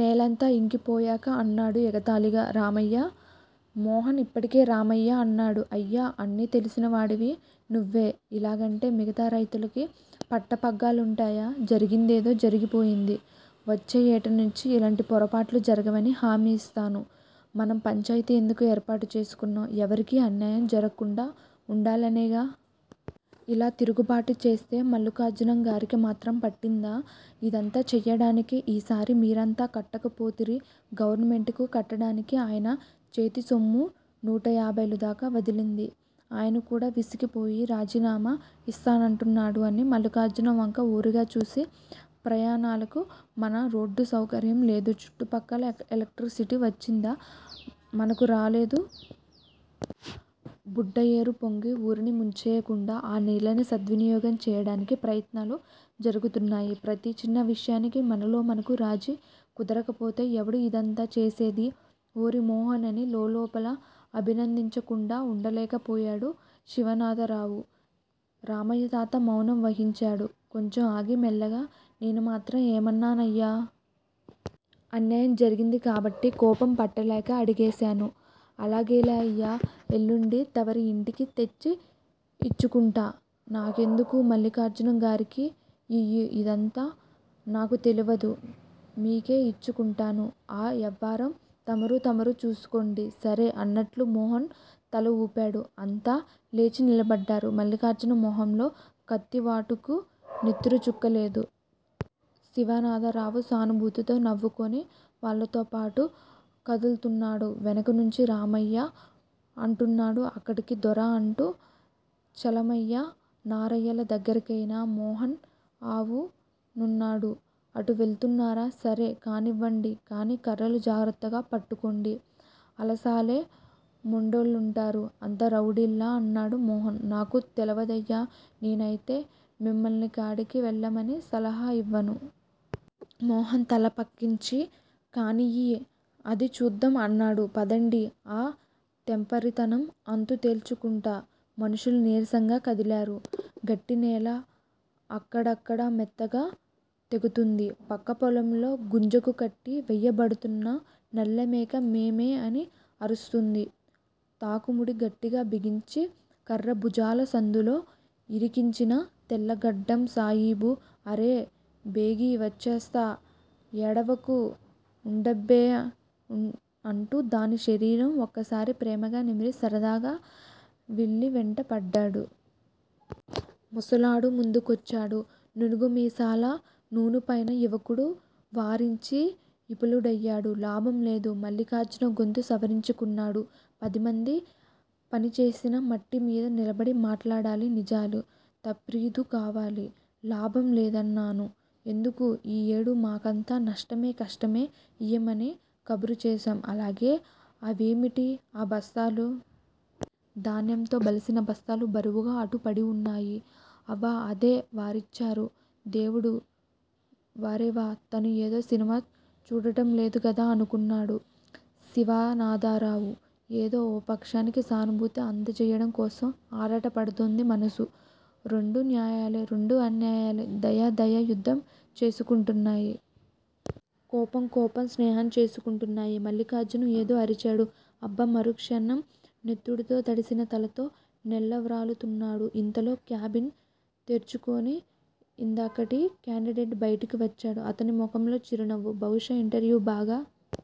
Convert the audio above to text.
నేలంతా యింకిపోయాక అన్నాడు ఎగతాళిగా రామయ్య. మోహన్ యిప్పటికి రామయ్యా అన్నాడు. అయ్యా! అన్నీ తెలిసినవాడివి నువ్వే యిలాగంటే మిగతా రైతులకి పట్టపగ్గాలుంటాయా? జరిగిందేదో జరిగిపోయింది. వచ్చే యేటినుంచి యిలాంటి పొరపాట్లు జరగవని హామీ యిస్తాను. మనం పంచాయితీ ఎందుకు ఏర్పాటు చేసుకున్నాం? ఒకరికి అన్యాయం జరక్కుండా వుండాలనేగా! ఇలా తిరుగుబాటు చేస్తే మల్లిఖార్జునంగారికి మాత్రం పట్టిందా ఇదంతా చేయడానికి? ఈసారి మీరంతా కట్టకపోతిరి గవర్నమెంటుకి కట్టడానికి ఆయనచేతిసొమ్ము నూటయాభయి దాకా వదిలింది. ఆయనకూడా విసిగిపోయి రాజీనామా ఇస్తానంటున్నాడు అని మల్లిఖార్జునం వంక ఓరగా చూసి ప్రయాణాలకు మనకు రోడ్డుసౌకర్యం లేదు. చుట్టుప్రక్కల ఎలక్ట్రిసిటీ వచ్చింది, మనకు రాలేదు. బుడ్డయెరుపొంగి ఊరిని ముంచేయకుండా ఆ నీళ్ళని సద్వినియోగం చేయడానికి ప్రయత్నాలు జరుగుతున్నాయి. ప్రతి చిన్నవిషయానికీ మనలో మనకు రాజీ కుదరకపోతే ఎవడూ ఇదంతా చేసేదీ? ఓరి మోహన్ అని లోలోపల అభినందించకుండా వుండలేకపోయాడు శివనాథరావు. రామయ్యతాత మౌనం వహించాడు. కొంచెం ఆగి మెల్లగా నేను మాత్రం ఏమన్నానయ్యా? అన్యాయం జరిగింది కాబట్టి కోపం పట్టలేక అడిగేశాను అల్లాగేలే అయ్యా ఎల్లుండి తవరి యింటికి తెచ్చి యిచ్చుకుంటా. నాకెందుకూ? మల్లిఖార్జునంగారికే యియ్యి. అదంతా నాకుతెలవదు. మీకే యిచ్చుకుంటాను. ఆ యవ్వారం తమరూ తమరూ చూసుకోండి. సరే అన్నట్లు మోహన్ తలఊపాడు. అంతా లేచినిలబడ్డారు. మల్లిఖార్జునం ముఖంలో కత్తివాటుకు నెత్తురుచుక్క లేదు. శివనాథరావు సానుభూతితో నవ్వుకుని వాళ్ళతోబాటు కదుల్తున్నాడు. వెనకనుంచి రామయ్య అంటున్నాడు అక్కడికి దొరా అటూ? చలమయ్యా, నారయ్యల దగ్గరకేనా? మోహన్ అవు నన్నాడు. అటు వెళ్తున్నారా? సరే కానివ్వండి కానీ కర్రలు జాగ్రత్తగా పట్టుకోండి. ఆళ్ళసలే మొండోళ్ళంటారు. అంత రౌడీలా? అన్నాడు మోహన్. నాకు తెలవదయ్యా నేనైతే మిమ్మల్నాకాడికి వెళ్ళమని సలహా యివ్వను. మోహన్ తల పక్కించి కానియ్యి అదీ చూద్దాం అన్నాడు. పదండి, ఆ తెంపరితనం అంతు తేల్చుకుంటా. మనుషులు నీరసంగా కదిలారు. గట్టినేల అక్కడక్కడా మెత్తగా తెగుతుంది. ప్రక్కపొలంలో గుంజకు కట్టి వేయబడుతోన్న నల్లమేక మేమే అని అరుస్తోంది. తాకుముడి గట్టిగా బిగించి కర్ర భుజాల సందులో యిరికించిన తెల్లగడ్డం సాయిబు అరే బేగి వచ్చేస్తా, ఏడవక వుండబ్బే అంటూ దాని శరీరం ఓకసారి ప్రేమగా నిమిరి సరదాగా వేళ్ళివెంట పడ్డాడు. ముసలాడు ముందుకొచ్చాడు. నూనుగుమీసాల నునుపైన యువకుడు వారించి విఫలుడయ్యాడు. లాభం లేదు. మల్లిఖార్జునం గొంతు సవరించుకున్నాడు. పదిమంది పనిచేసిన మట్టిమీద నిలబడి మాట్లాడాలి నిజాలు. తఫ్రీదు కావాలి. లాభం లేదన్నాను. ఎందుకు? ఈ యేడు మాకంతా నష్టమే, కష్టమే ఇయ్యమని కబురుచేశాం. అలాగే? అవేమిటి ఆ బస్తాలూ? ధాన్యంతో బలిసిన బస్తాలు బరువుగా అటు పడివున్నాయి. అవా, అదే. వారిచ్చారు? దేముడు. వారెవా! తాను ఏదో సినిమా చూడటంలేదు గదా అనుకున్నాడు శివనాథరావు. ఏదో ఓ పక్షానికి సానుభూతి అంధచేయటం కోసం ఆరాటపడుతోంది మనసు. రెండూ న్యాయాలే, రెండూ అన్యాయాలే. దయా, దయా యుద్ధం చేసుకుంటున్నాయి. కోపం, కోపం స్నేహం చేసుకుంటున్నాయి. మల్లిఖార్జునం ఏదో అరిచాడు. అబ్బా! మరుక్షణం నెత్తుటితో తడిసిన తలతో నేలవ్రాలుతున్నాడు. ఇంతలో క్యాబిన్ తెర్చుకుని ఇందాకటి క్యాండిడేట్ బయటికి వచ్చాడు. అతని ముఖంలో చిరునవ్వు. బహుశా ఇంటర్వ్యూ బాగా